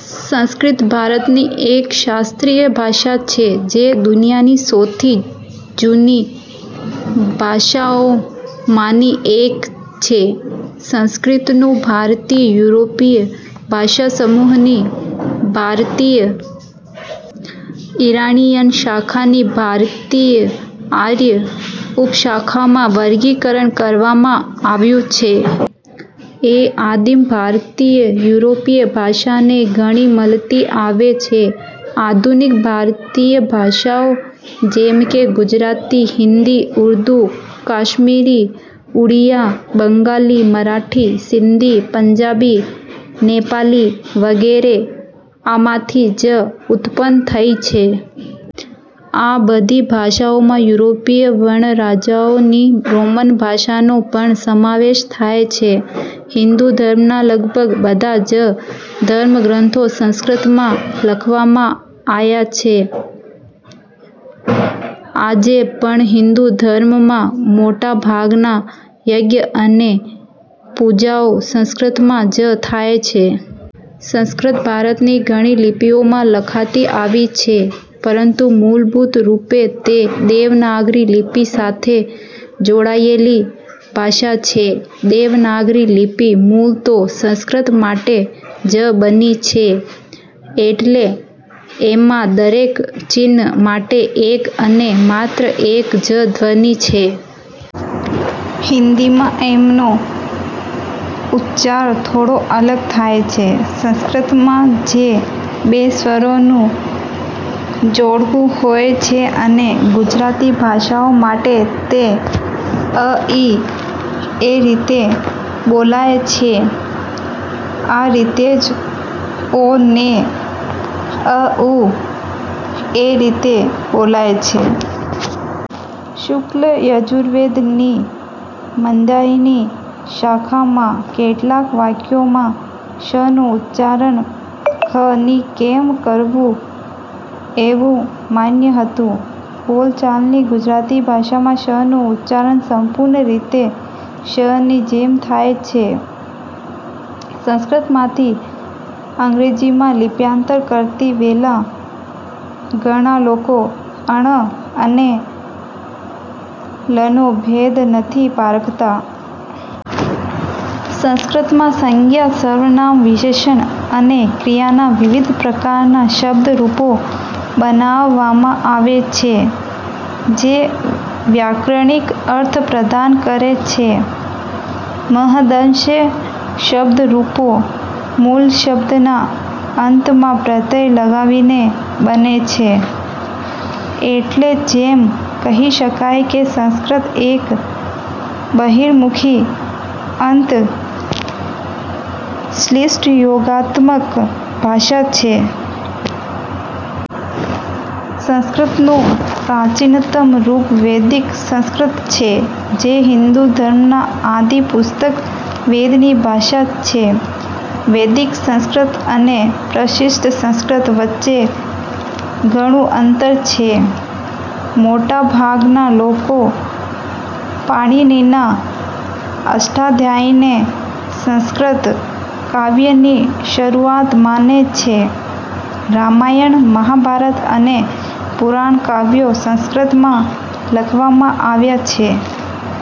સંસ્કૃત ભારતની એક શાસ્ત્રીય ભાષા છે જે દુનિયાની સૌથી જુની ભાષાઓમાંની એક છે. સંસ્કૃતનું ભારતીય-યુરોપીય ભાષાસમૂહની ભારતીય-ઈરાણીયન શાખાની ભારતીય-આર્ય ઉપશાખામાં વર્ગીકરણ કરવામાં આવ્યું છે. એ આદિમ-ભારતીય-યુરોપીય ભાષાને ઘણી મળતી આવે છે. આધુનિક ભારતીય ભાષાઓ જેમકે ગુજરાતી, હિન્દી, ઉર્દૂ, કાશ્મીરી, ઉડિયા, બંગાલી, મરાઠી, સિંધી, પંજાબી, નેપાલી વગેરે આમાંથી જ ઉત્પન્ન થઈ છે. આ બધી ભાષાઓમાં યુરોપીય વણરાજાઓની રોમન ભાષાનો પણ સમાવેશ થાય છે. હિન્દુ ધર્મના લગભગ બધા જ ધર્મગ્રંથો સંસ્કૃતમાં લખવામાં આયા છે. આજે પણ હિન્દુ ધર્મમાં મોટાભાગના યજ્ઞ અને પૂજાઓ સંસ્કૃતમાં જ થાય છે. સંસ્કૃત ભારતની ઘણી લિપિઓમાં લખાતી આવી છે, પરંતુ મૂલભુત રૂપે તે દેવનાગરી લિપિ સાથે જોડાયેલી ભાષા છે. દેવનાગરી લિપિ મૂળ તો સંસ્કૃત માટે જ બની છે, એટલે એમાં દરેક ચિન્હ માટે એક અને માત્ર એક જ ધ્વનિ છે. હિન્દીમાં એમનો ઉચ્ચાર થોડો અલગ થાય છે. સંસ્કૃત માં જે બે સ્વરો નું જોડકું હોય છે અને ગુજરાતી ભાષાઓ માટે તે "અઇ" એ રીતે બોલાય છે. આ રીતેજ "ઔ" ને "અઉ" એ રીતે બોલાય છે. શુક્લ યજુર્વેદ ની મદ્યાન્હિની શાખામાં કેટલાક વાક્યોમાં 'ષ' નું ઉચ્ચારણ 'ખ' ની કેમ કરવુ એવુ માન્ય હતું. બોલચાલની ગુજરાતી ભાષામાં 'ષ'નું ઉચ્ચારણ સંપૂર્ણ રીતે 'શ'ની જેમ થાય છે. સંસ્કૃતમાંથી અંગ્રેજીમાં લિપ્યાંતર કરતી વેલા ઘણા લોકો, ણ અને લનો ભેદ નથી પારખતા. સંસ્કૃતમાં સંજ્ઞ, સર્વનામ, વિશેષણ અને ક્રિયાના વિવિધ પ્રકારના શબ્દ-રૂપો બનાવવામાં આવે છે, જે વ્યાકરણિક અર્થ પ્રદાન કરે છે. મહદંશે શબ્દ-રૂપો મૂળશબ્દના અંતમાં પ્રત્યય લગાવીને બને છે. એટલે જેમ કહી શકાય કે સંસ્કૃત એક બહિર્મુખી-અન્ત-શ્લિષ્ટયોગાત્મક ભાષા છે. સંસ્કૃતનું પ્રાચીનતમ રૂપ વૈદિક સંસ્કૃત છે, જે હિન્દુ ધર્મના આદિ પુસ્તક વેદની ભાષા છે. વૈદિક સંસ્કૃત અને પ્રશિશ્ટ સંસ્કૃત વચ્ચે ઘણુ અંતર છે. મોટાભાગના લોકો પાણિનીના અષ્ટાધ્યાયીને સંસ્કૃત કાવ્યની શરુઆત માને છે. રામાયણ, મહાભારત અને પુરાણ કાવ્યો સંસ્કૃતમાં લખવામાં આવ્યા છે.